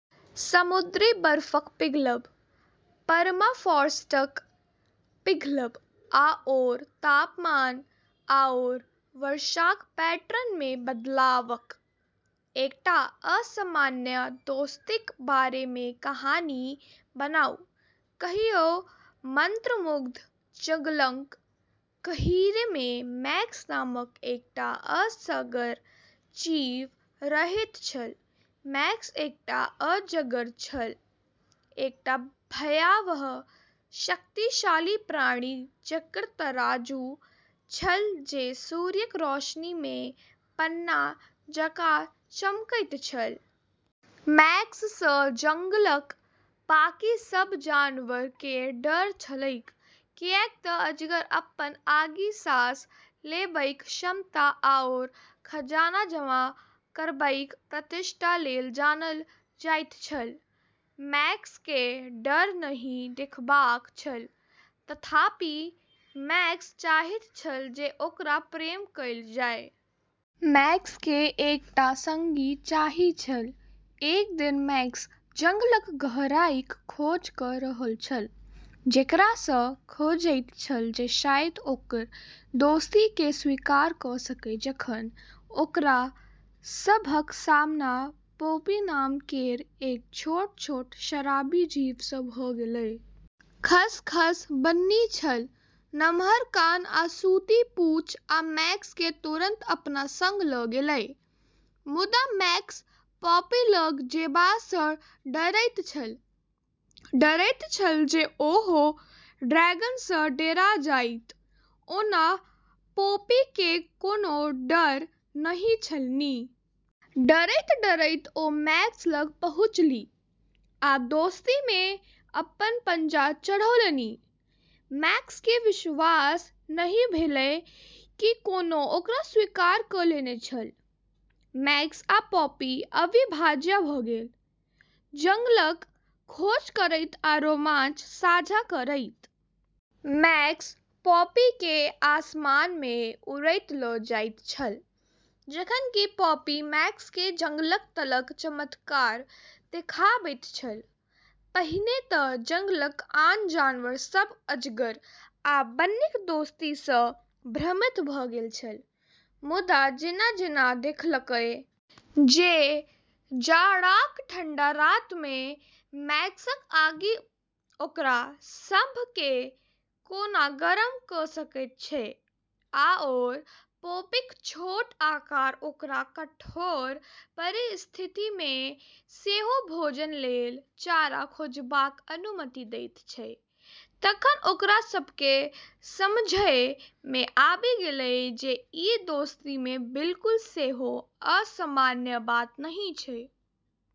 समुद्री बर्फक पिघलब, परमाफ्रॉस्टक पिघलब, आओर तापमान आओर वर्षाक पैटर्नमे बदलावक। एकटा असामान्य दोस्तीक बारेमे कहानी बनाउ। कहियो मंत्रमुग्ध जंगलक गहींरमे मैक्स नामक एकटा असगर जीव रहैत छल। मैक्स एकटा अजगर छल, एकटा भयावह, शक्तिशाली प्राणी जकर तराजू छल जे सूर्यक रोशनीमे पन्ना जकाँ चमकैत छल। मैक्ससँ जंगलक बाँकी सब जानवरकेँ डर छलैक, किऐक तऽ अजगर अपन आगि-साँस लेबैक क्षमता आओर खजाना जमा करबैक प्रतिष्ठा लेल जानल जाइत छल। मैक्सकेँ डर नहि देखेबाक छल, तथापि; मैक्स चाहैत छल जे ओकरा प्रेम कएल जाय। मैक्सकेँ एकटा संगी चाही छल। एक दिन मैक्स जंगलक गहराईक खोज कऽ रहल छल, जेकरासँ खोजैत छल जे शायद ओकर दोस्तीकेँ स्वीकार कऽ सकै जखन ओकरा सभक सामना पोपी नाम केर एक छोट-छोट, शराबी जीवसँ भऽ गेलै। खसखस बन्नी छल, नम्हर कान आ सूती-पूँछ, आ मैक्सकेँ तुरन्त अपना संग लऽ गेलै। मुदा मैक्स पोपी लग जेबासँ डरैत छल, डरैत छल जे ओहो ड्रैगनसँ डेरा जायत। ओना पोपीकेँ कोनो डर नहि छलनि। डरैत-डरैत ओ मैक्स लग पहुँचलीह, आ दोस्तीमे अपन पंजा चढ़ौलनि। मैक्सकेँ विश्वास नहि भेलै कि कोनो ओकरा स्वीकार कऽ लेने छल! मैक्स आ पोपी अविभाज्य भऽ गेल, जंगलक खोज करैत आ रोमांच साझा करैत। मैक्स पोपीकेँ आसमानमे उड़ैत लऽ जाइत छल, जखन कि पोपी मैक्सकेँ जंगलक तलक चमत्कार देखाबैत छल। पहिने तँ जंगलक आन जानवर सभ अजगर आ बन्नीक दोस्तीसँ भ्रमित भऽ गेल छल। मुदा जेना-जेना देखलकै जे जाड़ाक ठंडा रातमे मैक्सक आगि ओकरा सभकेँ कोना गरम कऽ सकैत छै, आओर पोपीक छोट आकार ओकरा कठोर परिस्थितिमे सेहो भोजन लेल चारा खोजबाक अनुमति दैत छै, तखन ओकरा सभकेँ समझैमे आबि गेलै जे ई दोस्तीमे बिल्कुल सेहो असामान्य बात नहि छै।